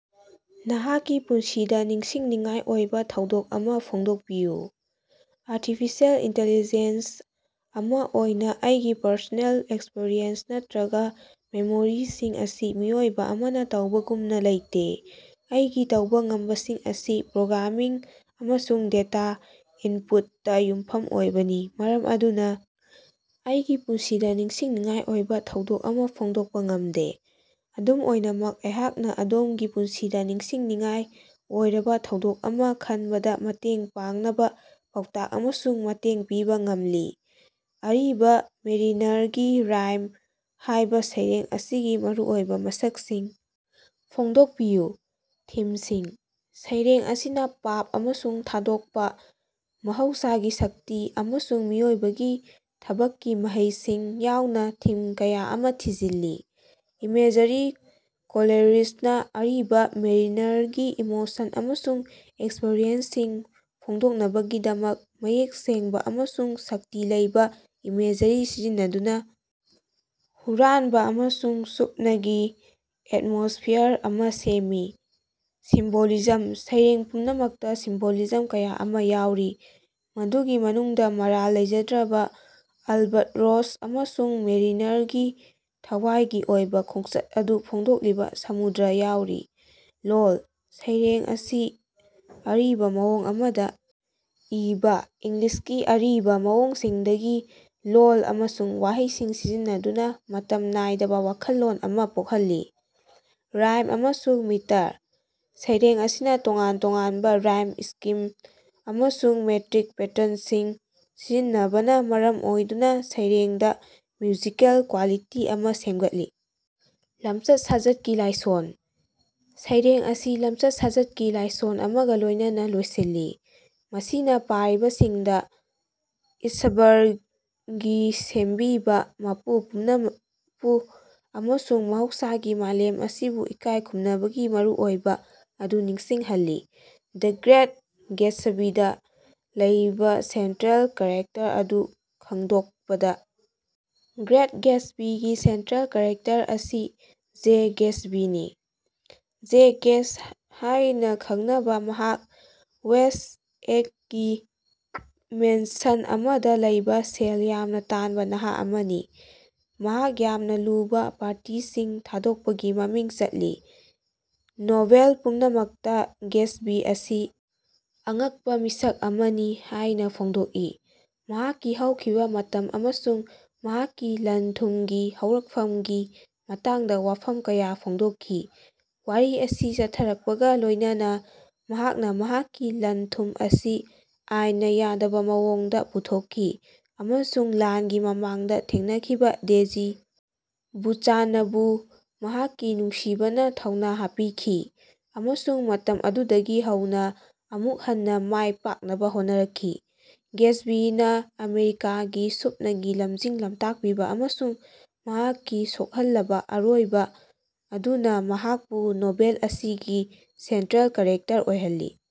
ꯅꯍꯥꯛꯀꯤ ꯄꯨꯟꯁꯤꯗ ꯅꯤꯡꯁꯤꯡꯅꯤꯡꯉꯥꯏ ꯑꯣꯏꯕ ꯊꯧꯗꯣꯛ ꯑꯃ ꯐꯣꯡꯗꯣꯛꯄꯤꯌꯨ꯫ ꯑꯔꯇꯤꯐꯤꯁꯦꯜ ꯏꯟꯇꯤꯂꯤꯖꯦꯟꯁ ꯑꯃ ꯑꯣꯏꯅ ꯑꯩꯒꯤ ꯄꯔꯁꯣꯅꯦꯜ ꯑꯦꯛꯁꯄꯤꯔꯤꯌꯦꯟꯁ ꯅꯠꯇ꯭ꯔꯒ ꯃꯦꯃꯣꯔꯤꯁꯤꯡ ꯑꯁꯤ ꯃꯤꯑꯣꯏꯕ ꯑꯃꯅ ꯇꯧꯕꯒꯨꯝꯅ ꯂꯩꯇꯦ꯫ ꯑꯩꯒꯤ ꯇꯧꯕ ꯉꯝꯕꯁꯤꯡ ꯑꯁꯤ ꯄ꯭ꯔꯣꯒ꯭ꯔꯥꯃꯤꯡ ꯑꯃꯁꯨꯡ ꯗꯦꯇꯥ ꯏꯟꯄꯨꯠꯇꯥ ꯌꯨꯝꯐꯝ ꯑꯣꯏꯕꯅꯤ, ꯃꯔꯝ ꯑꯗꯨꯅ ꯑꯩꯒꯤ ꯄꯨꯟꯁꯤꯗ ꯅꯤꯡꯁꯤꯡꯅꯤꯡꯉꯥꯏ ꯑꯣꯏꯕ ꯊꯧꯗꯣꯛ ꯑꯃ ꯐꯣꯡꯗꯣꯛꯄ ꯉꯝꯗꯦ꯫ ꯑꯗꯨꯝ ꯑꯣꯏꯅꯃꯛ, ꯑꯩꯍꯥꯛꯅ ꯑꯗꯣꯝꯒꯤ ꯄꯨꯟꯁꯤꯗ ꯅꯤꯡꯁꯤꯡꯅꯤꯡꯉꯥꯏ ꯑꯣꯏꯔꯕ ꯊꯧꯗꯣꯛ ꯑꯃ ꯈꯟꯕꯗꯥ ꯃꯇꯦꯡ ꯄꯥꯡꯅꯕ ꯄꯥꯎꯇꯥꯛ ꯑꯃꯁꯨꯡ ꯃꯇꯦꯡ ꯄꯤꯕ ꯉꯝꯂꯤ꯫ "ꯑꯔꯤꯕꯥ ꯃꯦꯔꯤꯅꯔꯒꯤ ꯔꯥꯏꯝ" ꯍꯥꯏꯕ ꯁꯩꯔꯦꯡ ꯑꯁꯤꯒꯤ ꯃꯔꯨꯑꯣꯏꯕ ꯃꯁꯛꯁꯤꯡ ꯐꯣꯡꯗꯣꯛꯄꯤꯌꯨ꯫ ꯊꯤꯝꯁꯤꯡ: ꯁꯩꯔꯦꯡ ꯑꯁꯤꯅ ꯄꯥꯞ ꯑꯃꯁꯨꯡ ꯊꯥꯗꯣꯛꯄ, ꯃꯍꯧꯁꯥꯒꯤ ꯁꯛꯇꯤ, ꯑꯃꯁꯨꯡ ꯃꯤꯑꯣꯏꯕꯒꯤ ꯊꯕꯛꯀꯤ ꯃꯍꯩꯁꯤꯡ ꯌꯥꯎꯅ ꯊꯤꯝ ꯀꯌꯥ ꯑꯃ ꯊꯤꯖꯤꯜꯂꯤ꯫ ꯏꯃꯦꯖꯔꯤ: ꯀꯣꯂꯦꯔꯤꯖꯅꯥ ꯑꯔꯤꯕ ꯃꯦꯔꯤꯅꯔꯒꯤ ꯏꯃꯣꯁꯟ ꯑꯃꯁꯨꯡ ꯑꯦꯛꯁꯄꯤꯔꯤꯌꯦꯟꯁꯁꯤꯡ ꯐꯣꯡꯗꯣꯛꯅꯕꯒꯤꯗꯃꯛ ꯃꯌꯦꯛ ꯁꯦꯡꯕ ꯑꯃꯁꯨꯡ ꯁꯛꯇꯤ ꯂꯩꯕ ꯏꯃꯦꯖꯔꯤ ꯁꯤꯖꯤꯟꯅꯗꯨꯅ ꯍꯨꯔꯥꯟꯕ ꯑꯃꯁꯨꯡ ꯁꯨꯞꯅꯒꯤ ꯑꯦꯠꯃꯣꯁꯐꯤꯌꯥꯔ ꯑꯃ ꯁꯦꯝꯃꯤ꯫ ꯁꯤꯝꯕꯣꯂꯤꯖꯝ: ꯁꯩꯔꯦꯡ ꯄꯨꯝꯅꯃꯛꯇꯥ ꯁꯤꯝꯕꯣꯂꯤꯖꯝ ꯀꯌꯥ ꯑꯃ ꯌꯥꯎꯔꯤ, ꯃꯗꯨꯒꯤ ꯃꯅꯨꯡꯗ ꯃꯔꯥꯜ ꯂꯩꯖꯗ꯭ꯔꯕꯥ ꯑꯜꯕꯠꯔꯣꯁ ꯑꯃꯁꯨꯡ ꯃꯦꯔꯤꯅꯔꯒꯤ ꯊꯋꯥꯏꯒꯤ ꯑꯣꯏꯕ ꯈꯣꯡꯆꯠ ꯑꯗꯨ ꯐꯣꯡꯗꯣꯛꯂꯤꯕ ꯁꯃꯨꯗ꯭ꯔ ꯌꯥꯎꯔꯤ꯫ ꯂꯣꯜ: ꯁꯩꯔꯦꯡ ꯑꯁꯤ ꯑꯔꯤꯕ ꯃꯑꯣꯡ ꯑꯃꯗ ꯏꯕꯥ, ꯏꯪꯂꯤꯁꯀꯤ ꯑꯔꯤꯕ ꯃꯑꯣꯡꯁꯤꯡꯗꯒꯤ ꯂꯣꯜ ꯑꯃꯁꯨꯡ ꯋꯥꯍꯩꯁꯤꯡ ꯁꯤꯖꯤꯟꯅꯗꯨꯅ ꯃꯇꯝ ꯅꯥꯏꯗꯕ ꯋꯥꯈꯜꯂꯣꯟ ꯑꯃ ꯄꯣꯛꯍꯜꯂꯤ꯫ ꯔꯥꯏꯝ ꯑꯃꯁꯨꯡ ꯃꯤꯇꯔ: ꯁꯩꯔꯦꯡ ꯑꯁꯤꯅ ꯇꯣꯉꯥꯟ ꯇꯣꯉꯥꯟꯕ ꯔꯥꯏꯝ ꯁ꯭ꯀꯤꯝ ꯑꯃꯁꯨꯡ ꯃꯦꯇ꯭ꯔꯤꯛ ꯄꯦꯇ꯭ꯔꯟꯁꯤꯡ ꯁꯤꯖꯤꯟꯅꯕꯅ ꯃꯔꯝ ꯑꯣꯏꯗꯨꯅ ꯁꯩꯔꯦꯡꯗ ꯃ꯭ꯌꯨꯖꯤꯀꯦꯜ ꯀ꯭ꯋꯥꯂꯤꯇꯤ ꯑꯃ ꯁꯦꯝꯒꯠꯂꯤ꯫ ꯂꯝꯆꯠ-ꯁꯥꯖꯠꯀꯤ ꯂꯥꯏꯁꯣꯟ: ꯁꯩꯔꯦꯡ ꯑꯁꯤ ꯂꯝꯆꯠ-ꯁꯥꯖꯠꯀꯤ ꯂꯥꯏꯁꯣꯟ ꯑꯃꯒ ꯂꯣꯏꯅꯅꯥ ꯂꯣꯏꯁꯤꯜꯂꯤ, ꯃꯁꯤꯅ ꯄꯥꯔꯤꯕꯁꯤꯡꯗ ꯏꯁ꯭ꯕꯔꯒꯤ ꯁꯦꯝꯕꯤꯕꯥ ꯃꯄꯨ ꯄꯨꯝꯅꯃꯛꯄꯨ ꯑꯃꯁꯨꯡ ꯃꯍꯧꯁꯥꯒꯤ ꯃꯥꯂꯦꯝ ꯑꯁꯤꯕꯨ ꯏꯀꯥꯏ ꯈꯨꯝꯅꯕꯒꯤ ꯃꯔꯨꯑꯣꯏꯕ ꯑꯗꯨ ꯅꯤꯡꯁꯤꯡꯍꯜꯂꯤ꯫ ꯗ ꯒ꯭ꯔꯦꯠ ꯒꯦꯠꯁꯕꯤꯗꯥ ꯂꯩꯕ ꯁꯦꯟꯇ꯭ꯔꯦꯜ ꯀꯦꯔꯦꯛꯇꯔ ꯑꯗꯨ ꯈꯪꯗꯣꯛꯄꯥ꯫ ꯗ ꯒ꯭ꯔꯦꯠ ꯒꯦꯠꯁꯕꯤꯒꯤ ꯁꯦꯟꯇ꯭ꯔꯦꯜ ꯀꯦꯔꯦꯛꯇꯔ ꯑꯁꯤ ꯖꯦ ꯒꯦꯠꯁꯕꯤꯅꯤ꯫ ꯖꯦ ꯒꯦꯠꯁ ꯍꯥꯏꯅ ꯈꯪꯅꯕ ꯃꯍꯥꯛ ꯋꯦꯁ꯭ꯠ ꯑꯦꯒꯀꯤ ꯃꯦꯟꯁꯟ ꯑꯃꯗ ꯂꯩꯕ ꯁꯦꯜ ꯌꯥꯝꯅ ꯇꯥꯟꯕ ꯅꯍꯥ ꯑꯃꯅꯤ, ꯃꯍꯥꯛ ꯌꯥꯝꯅ ꯂꯨꯕ ꯄꯥꯔꯇꯤꯁꯤꯡ ꯊꯥꯗꯣꯛꯄꯒꯤ ꯃꯃꯤꯡ ꯆꯠꯂꯤ꯫ ꯅꯣꯚꯦꯜ ꯄꯨꯝꯅꯃꯛꯇꯥ ꯒꯦꯠꯁꯕꯤ ꯑꯁꯤ ꯑꯉꯛꯄꯥ ꯃꯤꯁꯛ ꯑꯃꯅꯤ ꯍꯥꯏꯅ ꯐꯣꯡꯗꯣꯛꯏ, ꯃꯍꯥꯛꯀꯤ ꯍꯧꯈꯤꯕ ꯃꯇꯝ ꯑꯃꯁꯨꯡ ꯃꯍꯥꯛꯀꯤ ꯂꯟ-ꯊꯨꯝꯒꯤ ꯍꯧꯔꯛꯐꯝꯒꯤ ꯃꯇꯥꯡꯗ ꯋꯥꯐꯝ ꯀꯌꯥ ꯐꯣꯡꯗꯣꯛꯈꯤ꯫ ꯋꯥꯔꯤ ꯑꯁꯤ ꯆꯠꯊꯔꯛꯄꯒꯥ ꯂꯣꯏꯅꯅꯥ ꯃꯍꯥꯛꯅ ꯃꯍꯥꯛꯀꯤ ꯂꯟ-ꯊꯨꯝ ꯑꯁꯤ ꯑꯥꯏꯟꯅꯥ ꯌꯥꯗꯕ ꯃꯑꯣꯡꯗ ꯄꯨꯊꯣꯛꯈꯤ ꯑꯃꯁꯨꯡ ꯂꯥꯟꯒꯤ ꯃꯃꯥꯡꯗ ꯊꯦꯡꯅꯈꯤꯕ ꯗꯦꯖꯤ ꯕꯨꯆꯥꯟꯅꯕꯨ ꯃꯍꯥꯛꯀꯤ ꯅꯨꯡꯁꯤꯕꯅ ꯊꯧꯅꯥ ꯍꯥꯞꯄꯤꯈꯤ ꯑꯃꯁꯨꯡ ꯃꯇꯝ ꯑꯗꯨꯗꯒꯤ ꯍꯧꯅꯥ ꯑꯃꯨꯛ ꯍꯟꯅꯥ ꯃꯥꯏ ꯄꯥꯛꯅꯕ ꯍꯣꯠꯅꯔꯛꯈꯤ꯫ ꯒꯦꯠꯁꯕꯤꯅꯥ ꯑꯃꯦꯔꯤꯀꯥꯒꯤ ꯁꯨꯞꯅꯒꯤ ꯂꯝꯖꯤꯡ ꯂꯝꯇꯥꯛꯄꯤꯕ ꯑꯃꯁꯨꯡ ꯃꯍꯥꯛꯀꯤ ꯁꯣꯛꯍꯜꯂꯕꯥ ꯑꯔꯣꯏꯕ ꯑꯗꯨꯅ ꯃꯍꯥꯛꯄꯨ ꯅꯣꯚꯦꯜ ꯑꯁꯤꯒꯤ ꯁꯦꯟꯇ꯭ꯔꯦꯜ ꯀꯦꯔꯦꯛꯇꯔ ꯑꯣꯏꯍꯜꯂꯤ꯫